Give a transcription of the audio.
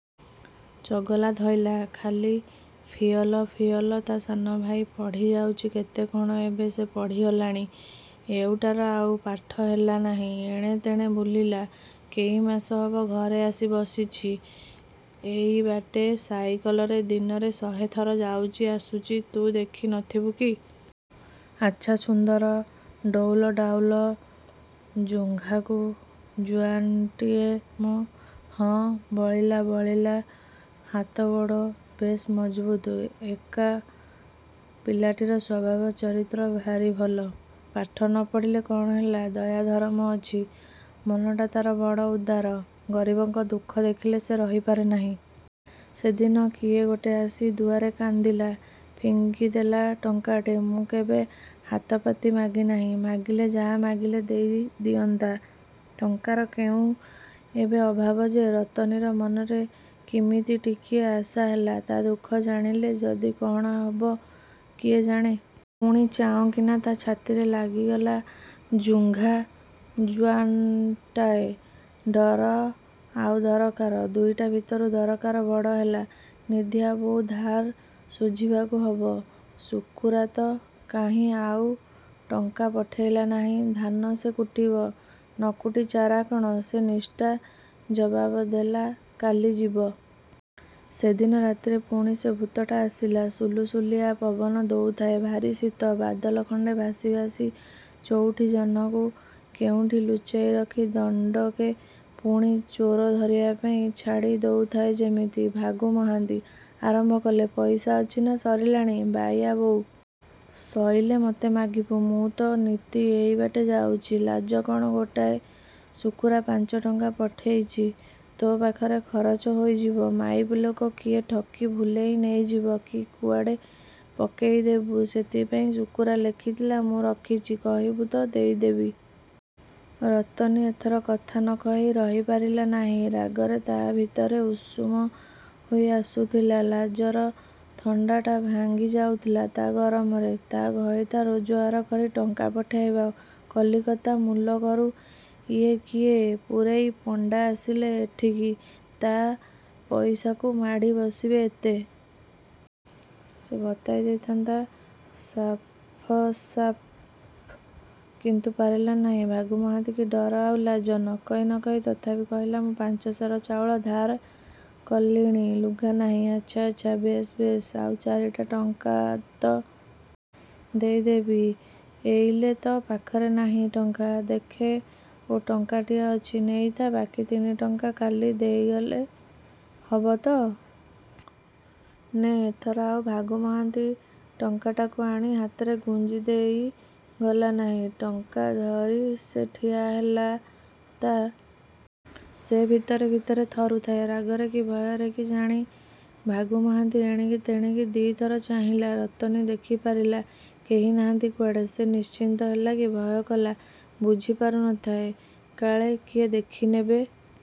ଚଗଲା ଧଇଲା। ଖାଲି ଫିଅଲ ଫିଅଲ। ତା ସାନ ଭାଇ ପଢ଼ିଯାଉଚି କେତେ କଣ ଏବେ ସେ ପଢ଼ିଗଲାଣି। ଏଉଟାର ଆଉ ପାଠ ହେଲାନାହିଁ। ଏଣେତେଣେ ବୁଲିଲା। କେଇମାସ ହବ ଘରେ ଆସି ବସିଚି। ଏଇ ବାଟେ ସାଇକଲରେ ଦିନରେ ଶହେ ଥର ଯାଉଚି ଆସୁଚି ତୁ ଦେଖି ନଥିବୁ କି। ଆଚ୍ଛା ସୁନ୍ଦର ଡଉଲ ଡାଉଲ ଜୁଙ୍ଘାକୁ ଜୁଆନ୍ଟିଏ ମ ହଁ ବଳିଲା ବଳିଲା ହାତ ଗୋଡ଼ ବେଶ୍ ମଜବୁତ୍। ଏକା ପିଲାଟିର ସ୍ୱଭାବ ଚରିତ୍ର ଭାରି ଭଲ। ପାଠ ନପଢ଼ିଲେ କ'ଣ ହେଲା ଦୟା ଧରମ ଅଛି। ମନଟା ତାର ବଡ଼ ଉଦାର। ଗରିବଙ୍କ ଦୁଃଖ ଦେଖିଲେ ସେ ରହିପାରେ ନାହିଁ। ସେଦିନ କିଏ ଗୋଟେ ଆସି ଦୁଆରେ କାନ୍ଦିଲା। ଫିଙ୍ଗି ଦେଲା ଟଙ୍କାଟେ। ମୁଁ କେବେ ହାତପାତି ମାଗିନାହିଁ। ମାଗିଲେ ଯାହା ମାଗିଲେ ଦେଇ ଦିଅନ୍ତା। ଟଙ୍କାର କେଉଁ ଏବେ ଅଭାବ ଯେ। ରତନୀର ମନରେ କିମିତି ଟିକିଏ ଆଶା ହେଲା। ତା ଦୁଃଖ ଜାଣିଲେ ଯଦି କଣ ହବ କିଏ ଜାଣେ। ପୁଣି ଚାଉଁକିନା ତା ଛାତିରେ ଲାଗିଗଲା ଜୁଙ୍ଘା ଜୁଆନ୍ଟାଏ। ଡର ଆଉ ଦରକାର ଦୁଇଟା ଭିତରୁ ଦରକାର ବଡ଼ ହେଲା। ନିଧିଆ ବୋଉ ଧାର ଶୁଝିବାକୁ ହବ। ଶୁକୁରାତ କାହିଁ ଆଉ ଟଙ୍କା ପଠେଇଲା ନାହିଁ। ଧାନ ସେ କୁଟିବ ନକୁଟି ଚାରା କଣ ସେ ନିଷ୍ଠା ଜବାବ ଦେଲା କାଲି ଯିବ। ସେଦିନ ରାତିରେ ପୁଣି ସେ ଭୂତଟା ଆସିଲା। ସୁଲୁସୁଲିଆ ପବନ ଦଉଥାଏ। ଭାରି ଶୀତ। ବାଦଲ ଖଣ୍ଡେ ଭାସି ଭାସି ଚଉଠି ଜହ୍ନକୁ କୋଉଠିଁ ଲୁଚେଇ ରଖି ଦଣ୍ଡକେ ପୁଣି ଚୋର ଧରିବାପାଇଁ ଛାଡ଼ି ଦଉଥାଏ ଯେମିତି। ଭାଗୁ ମହାନ୍ତି ଆରମ୍ଭ କଲେ ପଇସା ଅଛି ନା ସରିଲାଣି ବାଇୟା ବୋଉ? ସଇଲେ ମୋତେ ମାଗିବୁ। ମୁଁ ତ ନିତି ଏଇବାଟେ ଯାଉଚି। ଲାଜ କଣ ଗୋଟାଏ? ଶୁକୁରା ପାଞ୍ଚ ଟଙ୍କା ପଠେଇଚି। ତୋ ପାଖରେ ଖରଚ ହୋଇଯିବ ମାଇପି ଲୋକ କିଏ ଠକି ଭୁଲେଇ ନେଇଯିବ କି କୁଆଡ଼େ ପକେଇ ଦେବୁ ସେଥିପାଇଁ ଶୁକୁରା ଲେଖିଥିଲା ମୁଁ ରଖିଚି କହିବୁ ତ ଦେଇଦେବି। ରତନୀ ଏଥର କଥା ନକହି ରହିପାରିଲା ନାହିଁ। ରାଗରେ ତା ଭିତର ଉଷୁମ ହେଇ ଆସୁଥିଲା। ଲାଜର ଥଣ୍ଡାଟା ଭାଙ୍ଗି ଯାଉଥିଲା ତା ଗରମରେ। ତା ଘଇତା ରୋଜଗାର କରି ଟଙ୍କା ପଠେଇବ କଲିକତା ମୁଲକରୁ ଇଏ କିଏ ପୂରେଇ ପଣ୍ଡା ଆସିଲେ ଏଠିକି ତା ପଇସାକୁ ମାଡ଼ି ବସିବେ ଏତେ ସେ ବତେଇ ଦେଇଥାନ୍ତା ସାଫ୍ସାଫ୍। କିନ୍ତୁ ପାରିଲା ନାହିଁ ଭାଗୁ ମହାନ୍ତିକି ଡର ଆଉ ଲାଜ। ନକହି ନକହି ତଥାପି କହିଲା ମୁଁ ପାଞ୍ଚ ସେର ଚାଉଳ ଧାର କଲିଣି ଲୁଗାନାହିଁ । ଆଚ୍ଛା ଆଚ୍ଛା ବେଶ୍ ବେଶ୍ ଆଉ ଚାରିଟା ଟଙ୍କା ତ? ଦେଇ ଦେବି। ଏଇଲେ ତ ପାଖରେ ନାହିଁ ଟଙ୍କା। ଦେଖେ ଓ ଟଙ୍କାଟିଏ ଅଛି ନେଇଥା ବାକି ତିନି ଟଙ୍କା କାଲି ଦେଇଗଲେ ହବ ତ? ନେ ଏଥର ଆଉ ଭାଗୁ ମହାନ୍ତି ଟଙ୍କାଟାକୁ ଆଣି ହାତରେ ଗୁଞ୍ଜି ଦେଇଗଲା ନାହିଁ। ଟଙ୍କା ଧରି ସେ ଠିଆ ହେଲା ତା ସେ ଭିତରେ ଭିତରେ ଥରୁଥାଏ। ରାଗରେ କି ଭୟରେ କି ଜାଣି! ଭାଗୁ ମହାନ୍ତି ଏଣିକି ତେଣିକି ଦି'ଥର ଚାହିଁଲା। ରତନୀ ଦେଖିପାରିଲା। କେହି ନାହାନ୍ତି କୁଆଡ଼େ। ସେ ନିଶ୍ଚିନ୍ତ ହେଲା କି ଭୟ କଲା ବୁଝି ପାରୁ ନଥାଏ। କାଳେ କିଏ ଦେଖି ନେବେ।